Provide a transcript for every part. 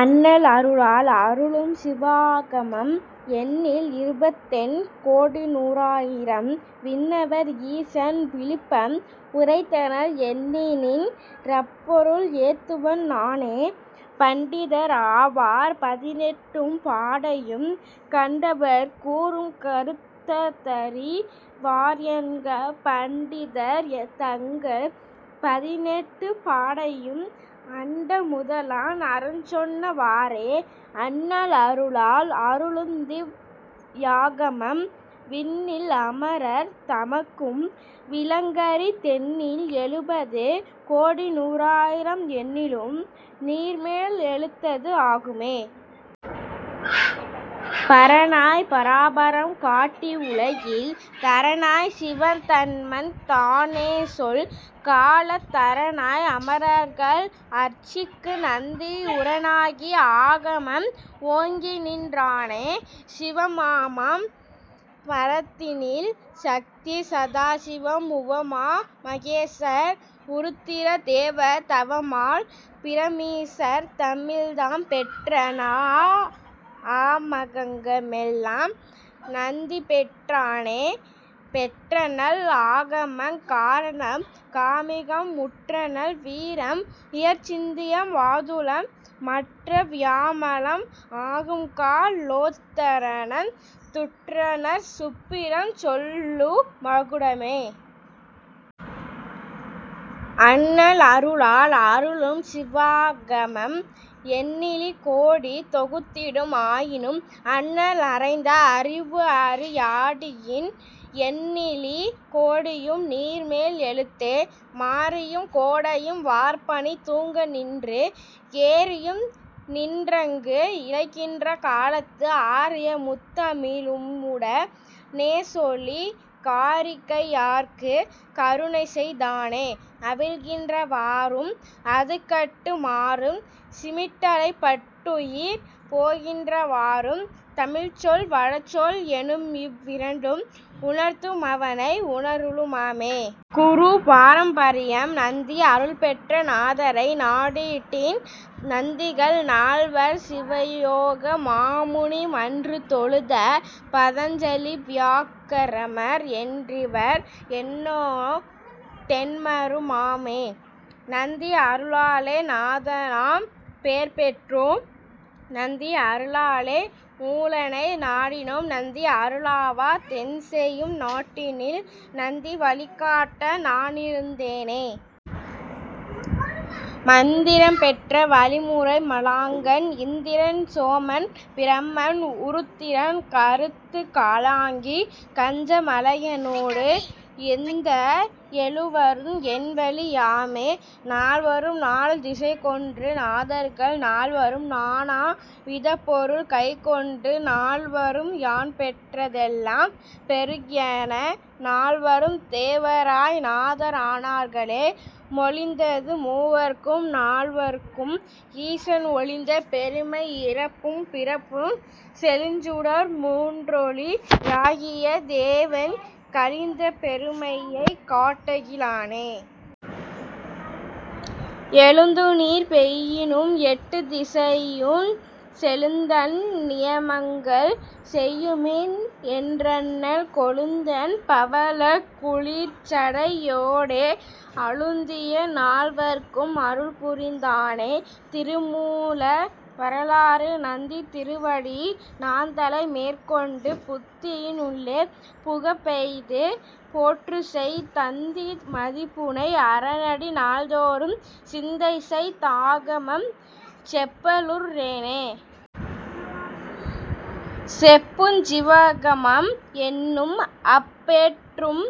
அண்ணல் அருளால் அருளும் சிவாகமம் எண்ணில் இருபத்தெண் கோடிநூ றாயிரம் விண்ணவர் ஈசன் விழுப்பம் உரைத்தனர் எண்ணிநின் றப்பொருள் ஏத்துவன் நானே. பண்டிதர் ஆவார் பதினெட்டும் பாடையும் கண்டவர் கூறும் கருத்தறி வார்என்க பண்டிதர் தங்கள் பதினெட்டுப் பாடையும் அண்ட முதலான் அறஞ்சொன்ன வாறே. அண்ணல் அருளால் அருளுந்திவ் யாகமம் விண்ணில் அமரர் தமக்கும் விளங்கரி தெண்ணில் எழுபது கோடிநூ றாயிரம் எண்ணிலும் நீர்மேல் எழுத்தது ஆகுமே. பரனாய் பராபரம் காட்டி உலகில் தரனாய்ச் சிவதன்மந் தானேசொல் காலத் தரனாய் அமரர்கள் அர்ச்சிக்கு நந்தி உரனாகி ஆகமம் ஓங்கிநின் றானே. சிவமாம் பரத்தினில் சத்தி சதாசிவம் உவமா மகேசர் உருத்திர தேவர் தவமால் பிரமீசர் தம்மில்தாம் பெற்ற நவஆ கமமெங்கள் நந்திபெற் றானே. பெற்றநல் ஆகமங் காரணம் காமிகம் உற்றநல் வீரம் உயர்சிந்தியம் வாதுளம் மற்றவ் வியாமளம் ஆகும்கா லோத்தரந் துற்றநற் சுப்பிரம் சொல்லு மகுடமே. அண்ணல் அருளால் அருளும் சிவாகமம் எண்ணிலி கோடி தொகுத்திடும் ஆயினும் அண்ணல் அறைந்த அறிவுஅறி யாவிடின் எண்ணிலி கோடியும் நீர்மேல் எழுத்தே. மாரியும் கோடையும் வார்பனி தூங்கநின்று ஏரியும் நின்றங்கு இளைக்கின்ற காலத்து ஆரிய முந்தமி ழும்உட னேசொலிக் காரிகை யார்க்குக் கருணைசெய் தானே. அவிழ்கின்ற வாறும் அதுகட்டு மாறும் சிமிட்டலைப் பட்டுயிர் போகின்ற வாறும் தமிழ்ச்சொல் வடசொல் எனும்இவ் விரண்டும் உணர்த்தும் அவனை உணரலு மாமே... குரு பாரம்பரியம் நந்தி அருள்பெற்ற நாதரை நாடிடின் நந்திகள் நால்வர் சிவயோக மாமுனி மன்று தொழுத பதஞ்சலி வியாக்ரமர் என்றிவர் என்னோ டெண்மரு மாமே. நந்தி அருளாலே நாதனாம் பேர்பெற்றோம் நந்தி அருளாலே மூலனை நாடினோம் நந்தி அருளாவ தென்செயும் நாட்டினில் நந்தி வழிகாட்ட நானிருந் தேனே. மந்திரம் பெற்ற வழிமுறை மாலாங்கன் இந்திரன் சோமன் பிரமன் உருத்திரன் கந்துருக் காலாங்கி கஞ்ச மலையனோடு இந்த எழுவரும் என்வழி யாமே. நால்வரும் நாலு திசைக்கொன்று நாதர்கள் நால்வரும் நானா விதப்பொருள் கைக்கொண்டு நால்வரும் யான்பெற்ற தெல்லாம் பெறுகென நால்வரும் தேவராய் நாதர் ஆனார்களே. மொழிந்தது மூவர்க்கும் நால்வர்க்கும் ஈசன் ஒழிந்த பெருமை இறப்பும் பிறப்பும் செழுஞ்சுடர் மூன்றொளி யாகிய தேவன் கழிந்த பெருமையைக் காட்டகி லானே. எழுந்துநீர் பெய்யினும் எட்டுத் திசையுஞ் செழுந்தண் நியமங்கள் செய்யுமின் என்றண்ணல் கொழுந்தண் பவளக் குளிர்சடை யோடே அழுந்திய நால்வர்க்கு அருள்புரிந் தானே.... திருமூலர் வரலாறு நந்தி திருவடி நான்தலை மேற்கொண்டு புந்தியின் உள்ளே புகப்பெய்து போற்றிசெய் தந்தி மதிபுனை அரனடி நாள்தொறும் சிந்தைசெய் தாகமம் செப்பலுற் றேனே. செப்புஞ் சிவாகமம் என்னும்அப் பேர்பெற்றும்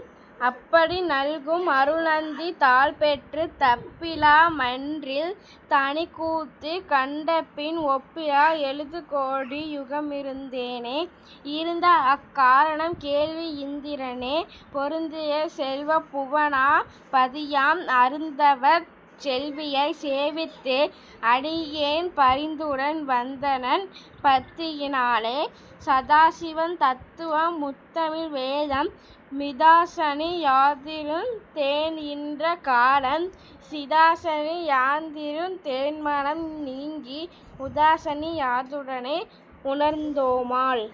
அப்படி நல்கும் அருள்நந்தி தாள்பெற்றுத் தப்பிலா மன்றில் தனிக்கூத்துக் கண்டபின் ஒப்பிலா எழுகோடி யுகமிருந் தேனே. இருந்தஅக் காரணம் கேள்இந் திரனே பொருந்திய செல்வப் புவனா பதியாம் அருந்தவச் செல்வியைச் சேவித்து அடியேன் பரிந்துடன் வந்தனன் பத்தியி னாலே. சதாசிவந் தத்துவம் முத்தமிழ் வேதம் மிதாசனி யாதிருந் தேன்இன்ற காலம் இதாசனி யாதிருந் தேன்மனம் நீங்கி உதாசனி யாதுடனே உணர்ந் தோமால்.